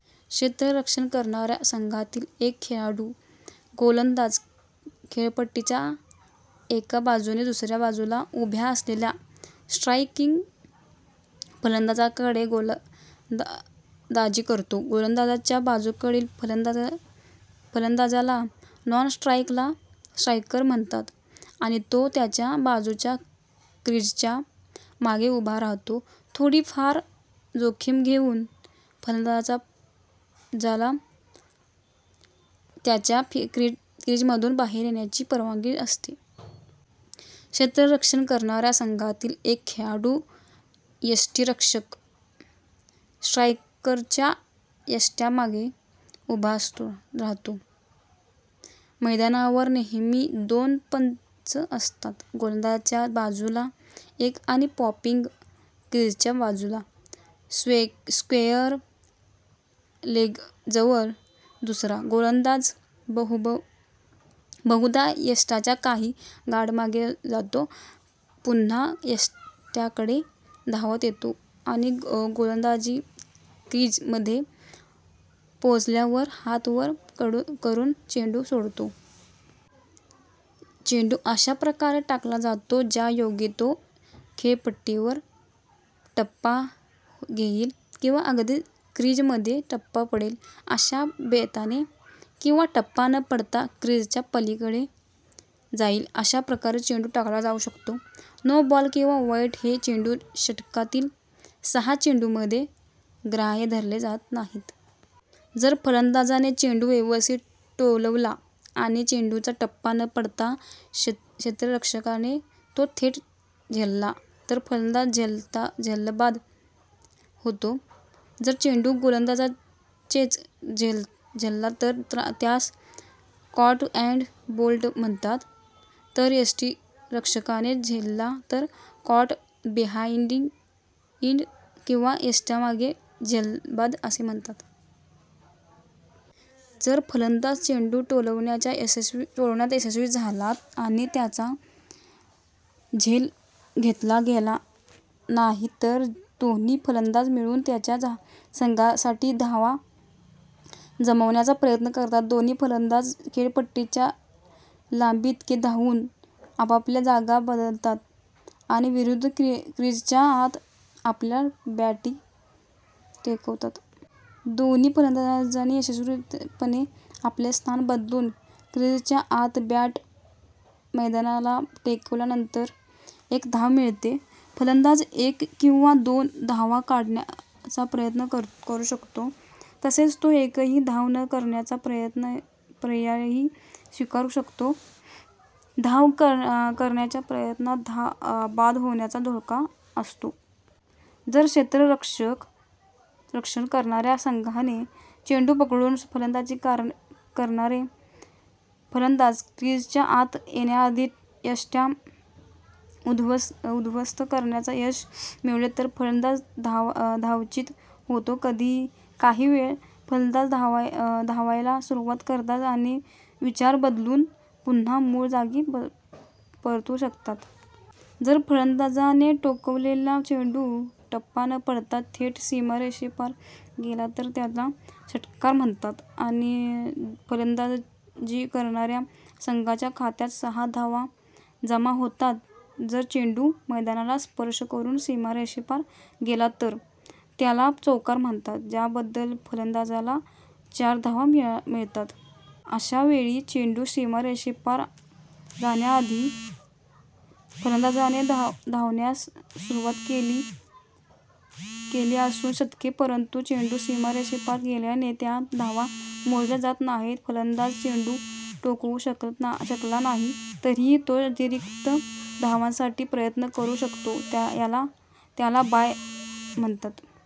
क्षेत्ररक्षण करणाऱ्या संघातील एक खेळाडू गोलंदाज, खेळपट्टीच्या एका बाजूने दुसऱ्या बाजूला उभ्या असलेल्या स्ट्राईकिंग फलंदाजाकडे गोलंदाजी करतो. गोलंदाजाच्या बाजूकडील फलंदाजाला नॉन-स्ट्राईकर म्हणतात, आणि तो त्याच्या बाजूच्या क्रिजच्या मागे उभा राहतो. थोडी फार जोखीम घेऊन, फलंदाजाला त्यांच्या क्रिजमधून बाहेर येण्याची परवानगी असते. क्षेत्ररक्षण करणाऱ्या संघातील एक खेळाडू, यष्टिरक्षक, स्ट्रायकरच्या यष्ट्यांमागे उभा राहतो. मैदानावर नेहमी दोन पंच असतात. गोलंदाजाच्या बाजूला एक आणि पॉपिंग क्रिजच्या बाजूला स्क्वेअर लेगजवळ दुसरा. गोलंदाज बहुधा यष्ट्यांच्या काही यार्ड मागे जातो, पुन्हा यष्ट्यांकडे धावत येतो आणि गोलंदाजी क्रिज मध्ये पोहोचल्यावर हात वर करून चेंडू सोडतो. चेंडू अशा प्रकारे टाकला जातो, ज्यायोगे तो खेळपट्टीवर टप्पा घेईल किंवा अगदी क्रिजमध्ये टप्पा पडेल अशा बेताने, किंवा टप्पा न पडता क्रिजच्या पलीकडे जाईल, अशा प्रकारे चेंडू टाकला जाऊ शकतो. नो बॉल किंवा वाईड हे चेंडू षटकातील सहा चेंडूंमध्ये ग्राह्य धरले जात नाहीत. जर फलंदाजाने चेंडू व्यवस्थित टोलवला आणि चेंडूचा टप्पा न पडता क्षेत्ररक्षकाने तो थेट झेलला तर फलंदाज झेलबाद होतो. जर चेंडू गोलंदाजाचेच झेलला तर त्यास कॉट अँड बोल्ड म्हणतात; तर यष्टिरक्षकाने झेलला तर, कॉट बिहाईंड किंवा यष्ट्यांमागे झेलबाद असे म्हणतात. जर फलंदाज चेंडू टोलवण्यात यशस्वी झाला आणि त्याचा झेल घेतला गेला नाही, तर दोन्ही फलंदाज मिळून त्यांच्या संघासाठी धावा जमावण्याचा प्रयत्न करतात. दोन्ही फलंदाज खेळपट्टीच्या लांबीइतके धावून आपापल्या जागा बदलतात आणि विरुद्ध क्रिजच्या आत आपल्या बॅटी टेकवतात. दोन्ही फलंदाजांनी यशस्वीपणे आपले स्थान बदलून, क्रिजच्या आत बॅट मैदानाला टेकवल्यानंतर एक धाव मिळते. फलंदाज एक किंवा दोन धावा काढण्याचा प्रयत्न करू शकतो तसेच तो एकही धाव न काढण्याचा पर्यायही स्वीकारू शकतो. धाव काढण्याच्या प्रयत्नात बाद होण्याचा धोका असतो. जर क्षेत्ररक्षण करणाऱ्या संघाने चेंडू पकडून फलंदाजी करणारे फलंदाज क्रिजच्या आत येण्याआधी यष्ट्या उद्ध्वस्त करण्यात यश मिळवले, तर फलंदज धावचीत होतो. काही वेळा फलंदाज धावायला सुरुवात करतात, आणि विचार बदलून पुन्हा मूळ जागी परतू शकतात. जर फलंदाजाने टोलवलेला चेंडू टप्पा न पडता थेट सीमारेषेपार गेला तर त्याला षट्कार म्हणतात, आणि फलंदाजी करणाऱ्या संघाच्या खात्यात सहा धावा जमा होतात. जर चेंडू मैदानाला स्पर्श करून सीमारेषेपार गेला तर त्याला चौकार म्हणतात, ज्याबद्दल फलंदाजाला चार धावा मिळतात. अशा वेळी चेंडू सीमारेषेपार जाण्याआधी फलंदाजाने धावण्यास सुरुवात केलेली असू शकते, परंतु चेंडू सीमारेषेपार गेल्याने, त्या धावा मोजल्या जात नाहीत. फलंदाजा चेंडू टोलवू शकला नाही तरीही तो अतिरिक्त धावांसाठी प्रयत्न करू शकतो: त्याला बाय म्हणतात.